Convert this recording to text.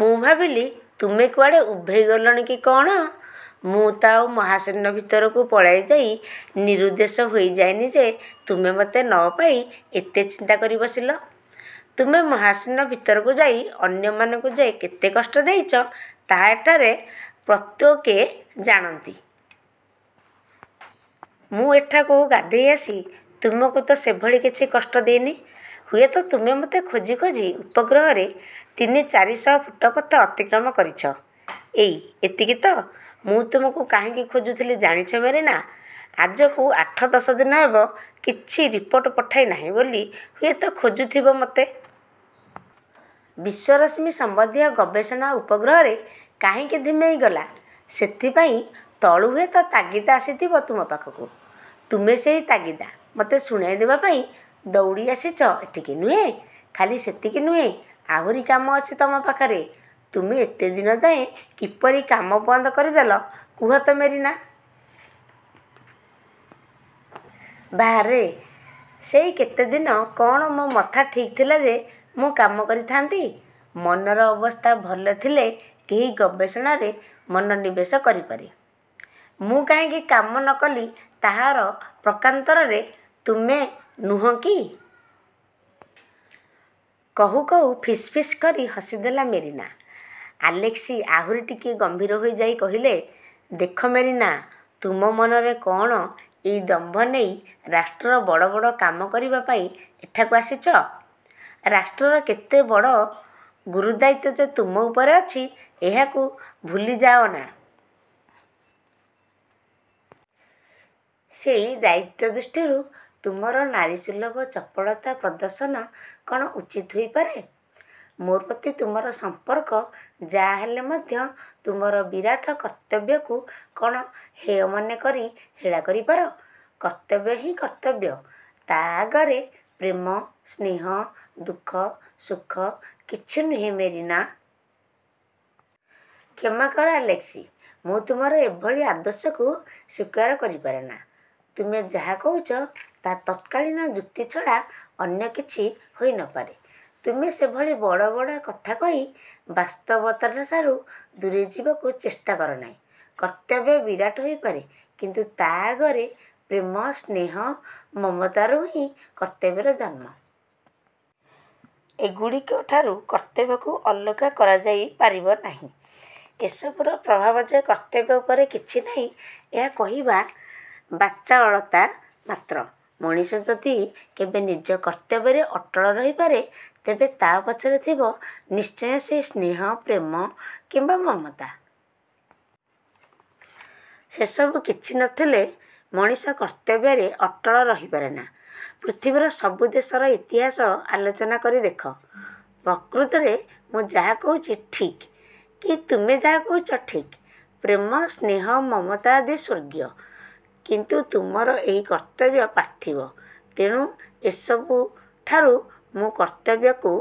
ମୁଁ ଭାବିଲି ତୁମେ କୁଆଡ଼େ ଉଭେଇଗଲଣି କି କଅଣ? '' ''ମୁଁ ତ ଆଉ ମହାଶୂନ୍ୟ ଭିତରକୁ ପଳାଇଯାଇ ନିରୁଦ୍ଦେଶ ହୋଇ ଯାଉନି ଯେ ତୁମେ ମୋତେ ନପାଇ ଏତେ ଚିନ୍ତା କରି ବସିଲ। ତୁମେ ମହାଶୂନ୍ୟ ଭିତରକୁ ଯାଇ ଅନ୍ୟମାନଙ୍କୁ ଯେ କେତେ କଷ୍ଟ ଦେଇଛ, ତାହା ଏଠାରେ ପ୍ରତ୍ୟେକେ ଜାଣନ୍ତି। ମୁଁ ଏଠାକୁ ଗାଧୋଇ ଆସି ତୁମକୁ ତ ସେଭଳି କିଛି କଷ୍ଟ ଦେଇନି। ହୁଏତ ତୁମେ ମୋତେ ଖୋଜି ଖୋଜି ଉପଗ୍ରହରେ ତିନି ଚାରିଶହ ଫୁଟ ପଥ ଅତିକ୍ରମ କରିଛ? ଏଇ, ଏତିକି ତ? ''ମୁଁ ତୁମକୁ କାହିଁକି ଖୋଜୁଥିଲି ଜାଣିଛ ମେରିନା? '' ''ଆଜକୁ ଆଠ ଦଶ ଦିନ ହେବ, କିଛି ରିପୋର୍ଟ ପଠାଇ ନାହିଁ ବୋଲି ହୁଏତ ଖୋଜୁଥିବ ମୋତେ। ବିଶ୍ୱରଶ୍ମି ସମ୍ବନ୍ଧୀୟ ଗବେଷଣା ଉପଗ୍ରହରେ। କାହିଁକି ଧିମେଇଗଲା, ସେଥିପାଇଁ ତଳୁ ହୁଏତ ତାଗିଦା ଆସିଥିବ ତୁମ ପାଖକୁ। ତୁମେ ସେହି ତାଗିଦ୍ଟା ମୋତେ ଶୁଣାଇ ଦେବାପାଇଁ ଦୌଡ଼ିଆସିଛ ଏଠିକି। ନୁହେଁ? '' ''ଖାଲି ସେତିକି ନୁହେଁ, ଆହୁରି କାମ ଅଛି ତମ ପାଖରେ। ତୁମେ ଏତେ ଦିନ ଯାଏଁ କିପରି କାମ ବନ୍ଦ କରିଦେଲ କୁହ ତ ମେରିନା? '' ''ବାଃ ରେ, ସେଇ କେତେ ଦିନ କ'ଣ ମୋ ମଥା ଠିକ୍ ଥିଲା ଯେ ମୁଁ କାମ କରିଥାନ୍ତି। ମନର ଅବସ୍ଥା ଭଲ ଥିଲେ କେହି ଗବେଷଣାରେ ମନୋନିବେଶ କରିପାରେ? ମୁଁ କାହିଁକି କାମ ନ କଲି ତାହାର ପ୍ରକାରାନ୍ତରେ ତୁମେ ନୁହଁ କି? '' କହୁ କହୁ ଫିସ୍ ଫିସ୍ କରି ହସିଦେଲା ମେରିନା? ଆଲେସ୍କି ଆହୁରି ଟିକିଏ ଗମ୍ଭୀର ହୋଇଯାଇ କହିଲେ, ''ଦେଖ ମେରିନା, ତୁମେ ମନରେ କ'ଣ ଏଇ ଦମ୍ଭ ନେଇ ରାଷ୍ଟ୍ରର ବଡ଼ ବଡ଼ କାମ କରିବା ପାଇଁ ଏଠାକୁ ଆସିଛ? ରାଷ୍ଟ୍ରର କେତେ ବଡ଼ ଗୁରୁଦାୟିତ୍ୱ ଯେ ତୁମ ଉପରେ ଅଛି, ଏହାକୁ ଭୁଲିଯାଅନା। ସେଇ ଦାୟିତ୍ୱ ଦୃଷ୍ଟିରୁ ତୁମର ନାରୀସୁଲଭ ଚପଳତା ପ୍ରଦର୍ଶନ କ'ଣ ଉଚିତ ହୋଇପାରେ? ମୋ ପ୍ରତି ତୁମର ସମ୍ପର୍କ ଯା' ହେଲେ ମଧ୍ୟ ତୁମର ବିରାଟ କର୍ତ୍ତବ୍ୟକୁ କ'ଣ ହେୟ ମନେକରି ହେଳା କରିପାର? କର୍ତ୍ତବ୍ୟ ହିଁ କର୍ତ୍ତବ୍ୟ; ତା' ଆଗରେ ପ୍ରେମ, ସ୍ନେହ, ଦୁଃଖ, ସୁଖ କିଛି ନୁହେଁ ମେରିନା! '' ''କ୍ଷମାକର ଆଲେସ୍କି, ମୁଁ ତୁମର ଏଭଳି ଆଦର୍ଶକୁ ସ୍ୱୀକାର କରିପାରେନା। ତୁମେ ଯାହା କହୁଛ, ତାହା ତର୍କକାଳୀନ ଯୁକ୍ତି ଛଡ଼ା ଅନ୍ୟ କିଛି ହୋଇ ନ ପାରେ। ତୁମେ ସେଭଳି ବଡ଼ ବଡ଼ କଥା କହି ବାସ୍ତବତାଠାରୁ ଦୂରେଇ ଯିବାକୁ ଚେଷ୍ଟା କରନାହିଁ। କର୍ତ୍ତବ୍ୟ ବିରାଟ ହୋଇପାରେ; କିନ୍ତୁ ତା' ଆଗରେ ପ୍ରେମ, ସ୍ନେହ, ମମତାରୁହିଁ କର୍ତ୍ତବ୍ୟର ଜନ୍ମ। ଏଗୁଡ଼ିକଠାରୁ କର୍ତ୍ତବ୍ୟକୁ ଅଲଗା କରାଯାଇ ପାରିବ ନାହିଁ। ଏସବୁର ପ୍ରଭାବ ଯେ କର୍ତ୍ତବ୍ୟ ଉପରେ କିଛି ନାହିଁ, ଏହା କହିବା ବାଚାଳତା ମାତ୍ର। ମଣିଷ ଯଦି କେବେ ନିଜ କର୍ତ୍ତବ୍ୟରେ ଅଟଳ ରହିପାରେ, ତେବେ ତା' ପଛରେ ଥିବ ନିଶ୍ଚୟ ସେଇ ସ୍ନେହ, ପ୍ରେମ କିମ୍ବା ମମତା। ସେସବୁ କିଛି ନଥିଲେ ମଣିଷ କର୍ତ୍ତବ୍ୟରେ ଅଟଳ ରହିପାରେନା। ପୃଥିବୀର ସବୁ ଦେଶର ଇତିହାସ ଆଲୋଚନା କରି ଦେଖ, ପ୍ରକୃତରେ ମୁଁ ଯାହା କହୁଛି ଠିକ୍, କି ତୁମେ ଯାହା କହୁଛ ଠିକ୍। ପ୍ରେମ, ସ୍ନେହ, ମମତା ଆଦି ସ୍ୱର୍ଗୀୟ; କିନ୍ତୁ ତୁମର ଏହି କର୍ତ୍ତବ୍ୟ ପାର୍ଥିବ। ତେଣୁ ଏସବୁଠାରୁ ମୁଁ କର୍ତ୍ତବ୍ୟକୁ